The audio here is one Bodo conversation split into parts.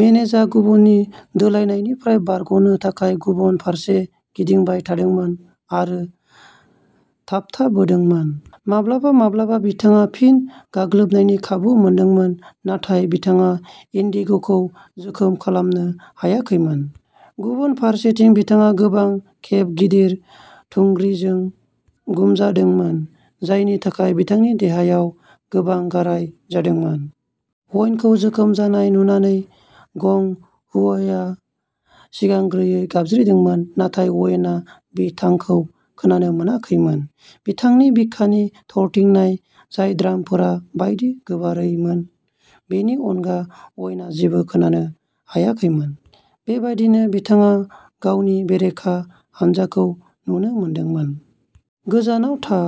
मेनेजा गुबुननि दोलायनायनिफ्राय बारग'नो थाखाय गुबुन फारसे गिदिंबाय थादोंमोन आरो थाबथाबोदोंमोन। माब्लाबा-माब्लाबा, बिथाङा फिन गाग्लोबनायनि खाबु मोनदोंमोन, नाथाय बिथाङा इन्डिग'खौ जोखोम खालामनो हायाखैमोन। गुबुन फारसेथिं, बिथाङा गोबां खेब गिदिर थुंग्रिजों गुमजादोंमोन, जायनि थाखाय बिथांनि देहायाव गोबां गाराय जादोंमोन। अवेनखौ जोखोम जानाय नुनानै, गं हुआआ सिगांग्रोयै गाबज्रिदोंमोन, नाथाय अवेनआ बिथांखौ खोनानो हायाखैमोन। बिथांनि बिखानि थरथिंनाय, जाय ड्रामफोर बायदि गोबारैमोन, बेनि अनगा अवेनआ जेबो खोनानो हायाखैमोन। बेबायदिनो, बिथाङा गावनि बेरेखा हान्जाखौ नुनो मोनदोंमोन। गोजानाव था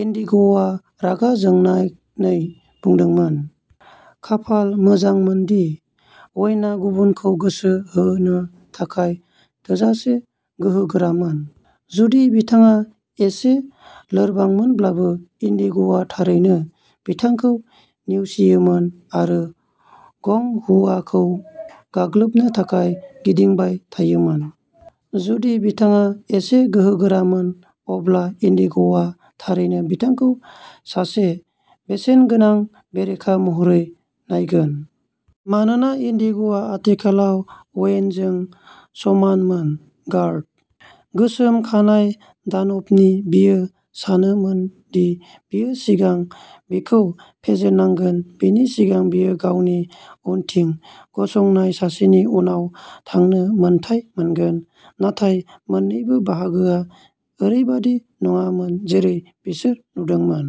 इन्डिग'आ रागा जोंनानै बुंदोंमोन। खाफाल मोजांमोनदि, अवेनआ गुबुनखौ गोसो होनो थाखाय थोजासे गोहोगोरामोन। जुदि बिथाङा एसे लोरबांमोनब्ला, इन्डिग'आ थारैनो बिथांखौ नेवसियोमोन आरो गं हुआखौ गाग्लोबनो थाखाय गिदिंबाय थायोमोन। जुदि बिथाङा एसे गोहोगोरामोन, अब्ला इन्डिग'आ थारैनो बिथांखौ सासे बेसेनगोनां बेरेखा महरै नायगोन। मानोना इन्डिग'आ आथिखालाव अवेनजों समानमोन, गार्ड। गोसोम खानाय दानबनि, बियो सानोमोन दि बियो सिगां बिखौ फेजेननांगोन बेनि सिगां बियो गावनि उनथिं गसंनाय सासेनि उनाव थांनो मोन्थाइ मोनगोन। नाथाय मोन्नैबो बाहागोआ ओरैबायदि नङामोन जेरै बिसोर नुदोंमोन।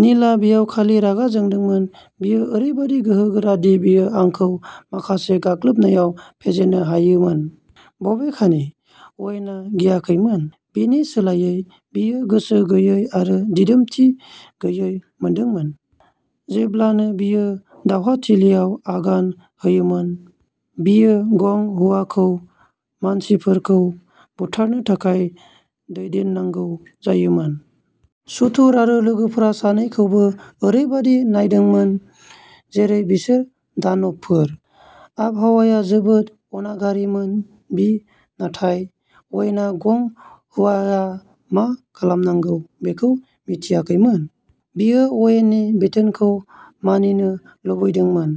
नीलआ बेयाव खालि रागा जोंदोंमोन। बियो ओरैबायदि गोहोगोरा दि बियो आंखौ माखासे गाग्लोबनायाव फेजेननो हायोमोन। बबेखानि, अवेनआ गियाखैमोन। बेनि सोलायै, बियो गोसो गैयै आरो दिदोमथि गैयै मोनदोंमोन। जेब्लानो बियो दावहाथिलियाव आगान होयोमोन, बियो गं हुआखौ मानसिफोरखौ बुथारनो थाखाय दैदेननांगौ जायोमोन। सुथुर आरो लोगोफोरा सानैखौबो ओरैबायदि नायदोंमोन जेरै बिसोर दानबफोर। आबहावाया जोबोद अनागारिमोन बि नाथाय, अवेन गं हुआआ मा खालामनांगौ बेखौ मिथियाखैमोन। बियो अवेननि बिथोनखौ मानिनो लुबैदोंमोन,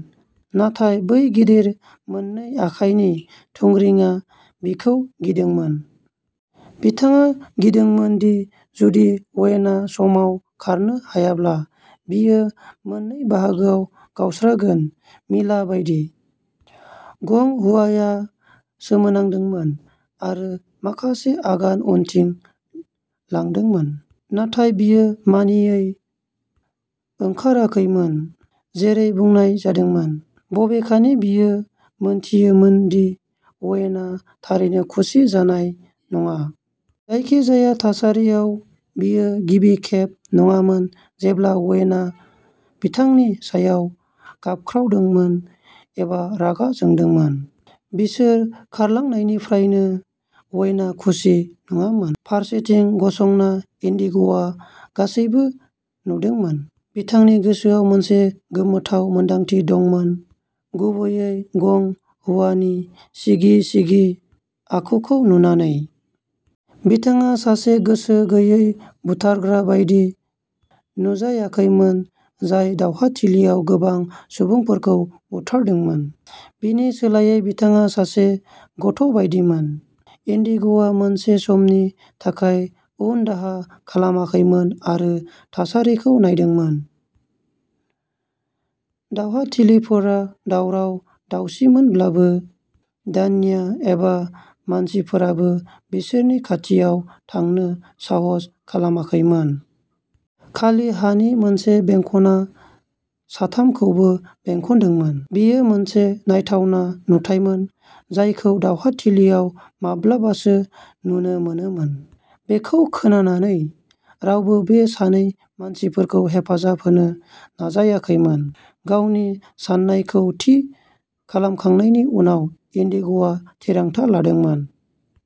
नाथाय बै गिदिर मोननै आखाइनि थुंग्रिआ बिखौ गिदोंमोन। बिथाङा गिदोंमोन दि जुदि अवेनआ समाव खारनो हायाब्ला, बियो मोननै बाहागोआव गावस्रागोन मिला बायदि। गं हुआआ सोमोनांदोंमोन, आरो माखासे आगान उनथिं लांदोंमोन। नाथाय बियो मानियै ओंखाराखैमोन जेरै बुंनाय जादोंमोन, बबेखानि बियो मोनथियोमोन दि अवेनआ थारैनो खुसि जानाय नङा। जायखिजाया थासारियाव, बेयो गिबि खेब नङामोन जेब्ला अवेनआ बिथांनि सायाव गाबख्रावदोंमोन एबा रागा जोंदोंमोन। बिसोर खारलांनायनिफ्रायनो, अवेनआ खुसि नङामोन। फारसेथिं गसंना, इन्डिग'आ गासैबो नुदोंमोन। बिथांनि गोसोआव मोनसे गोमोथाव मोनदांथि दंमोन, गुबैयै गं हुआनि सिगि-सिगि आखुखौ नुनानै। बिथाङा सासे गोसो गैयै बुथारग्रा बायदि नुजायाखैमोन जाय दावहाथिलियाव गोबां सुबुंफोरखौ बुथारदोंमोन। बेनि सोलायै, बिथाङा सासे गथ'बायदिमोन? इन्डिग'आ मोनसे समनि थाखाय उनदाहा खालामाखैमोन आरो थासारिखौ नायदोंमोन। दावहाथिलिफोरा दावराव-दावसिमोनब्लाबो, दान्या एबा मानसिफोराबो बिसोरनि खाथियाव थांनो साहस खालामाखैमोन। खालि हानि मोनसे बेंखनआ साथामखौबो बेंखनदोंमोन। बेयो मोनसे नायथावना नुथायमोन जायखौ दावहाथिलियाव माब्लाबासो नुनो मोनोमोन। बेखौ खोनानानै, रावबो बे सानै मानसिफोरखौ हेफाजाब होनो नाजायाखैमोन। गावनि साननायखौ थि खालामखांनायनि उनाव, इन्डिग'आ थिरांथा लादोंमोन।